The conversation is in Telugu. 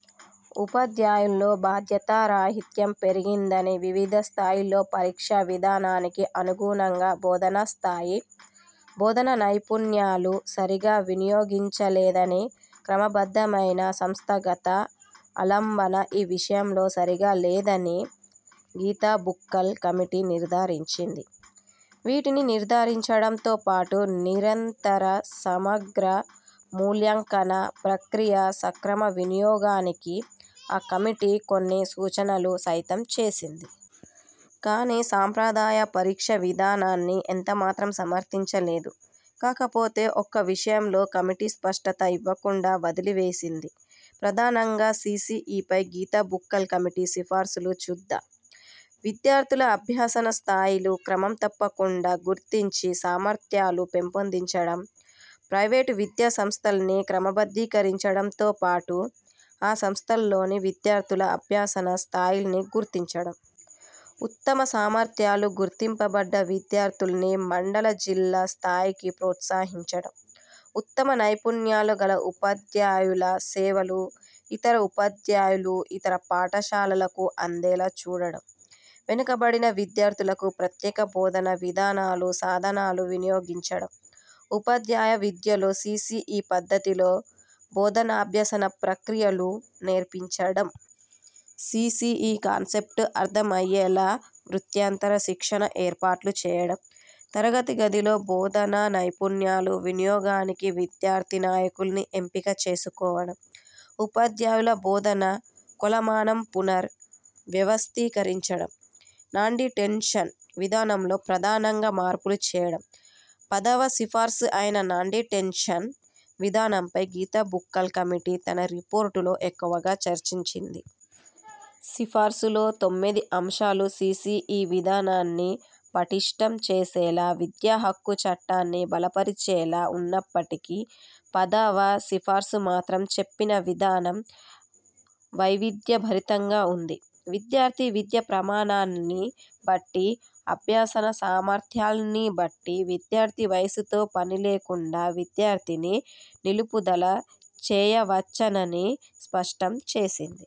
ఉపాధ్యాయుల్లో బాధ్యతారాహిత్యం పెరిగిందని వివిధ స్థాయిలలో పరీక్షా విధానానికి అనుగుణంగా బోధనాస్థాయి, బోధనా నైపుణ్యాలు సరిగా వినియోగించలేదని, క్రమబద్ధమైన సంస్థాగత ఆలంబన ఈ విషయంలో సరిగా లేదని గీతాబుక్కల్ కమిటీ నిర్థారించింది. వీటిని నిర్థారించడంతో పాటు 'నిరంతర సమగ్ర మూల్యాంకన' ప్రక్రియ సక్రమ వినియోగానికి ఆ కమిటీ కొన్ని సూచనలు సైతం చేసింది. కానీ సంప్రదాయ పరీక్షా విధానాన్ని ఎంతమాత్రం సమర్థించలేదు. కాకపోతే ఒక్క విషయంలో కమిటీ స్పష్టత ఇవ్వకుండా వదిలివేసింది. ప్రధానంగా సీసీఈపై గీతా బుక్కల్ కమిటీ సిఫార్సులు చూద్దాం. విద్యార్థుల అభ్యసన స్థాయిలు క్రమం తప్పకుండా గుర్తించి సామర్థ్యాలు పెంపొందించడం. ప్రైవేటు విద్యాసంస్థల్ని క్రమబద్ధీకరించడంతో పాటు ఆ సంస్థల్లోని విద్యార్థుల అభ్యసన స్థాయిల్ని గుర్తించడం. ఉత్తమ సామర్థ్యాలు గుర్తింపబడ్డ విద్యార్థుల్ని మండల, జిల్లా స్థాయికి ప్రోత్సహించడం. ఉత్తమ నైపుణ్యాలు గల ఉపాధ్యాయుల సేవలు ఇతర ఉపాధ్యాయులు, ఇతర పాఠశాలలకు అందేలా చూడటం. వెనుకబడిన విద్యార్థులకు ప్రత్యేక బోధనా విధానాలు, సాధనాలు వినియోగించడం. ఉపాధ్యాయ విద్యలో సీసీఈ పద్ధతిలో బోధనాభ్యసన ప్రక్రియలు నేర్పించడం. సీసీఈ కాన్సెప్ట్ అర్థం అయ్యేలా వృత్యంతర శిక్షణ ఏర్పాట్లు చేయడం. తరగతి గదిలో బోధనా నైపుణ్యాలు వినియోగానికి విద్యార్థి నాయకుల్ని ఎంపిక చేసుకోవడం. ఉపాధ్యాయుల బోధనా కొలమానం పునర్ వ్యవస్థీకరించడం. 'నాన్డిటెన్షన్' విధానంలో ప్రధానంగా మార్పులు చేయడం. పదవ సిఫార్సు అయిన 'నాన్డిటెన్షన్' విధానంపై గీతా బుక్కల్ కమిటీ తన రిపోర్టులో ఎక్కువగా చర్చించింది. సిఫార్సుల్లో తొమ్మిది అంశాలు సీసీఈ విధానాన్ని పటిష్ఠం చేసేలా, విద్యాహక్కు చట్టాన్ని బలపరిచేలా ఉన్నప్పటికీ పదవ సిఫార్సు మాత్రం చెప్పిన విధానం వైవిధ్యభరితంగా ఉంది. విద్యార్ధి విద్యా ప్రమాణాల్ని బట్టి, అభ్యసన సామర్థ్యాల్ని బట్టి విద్యార్థి వయసుతో పనిలేకుండా విద్యార్థిని 'నిలుపుదల' చేయవచ్చనని స్పష్టం చేసింది.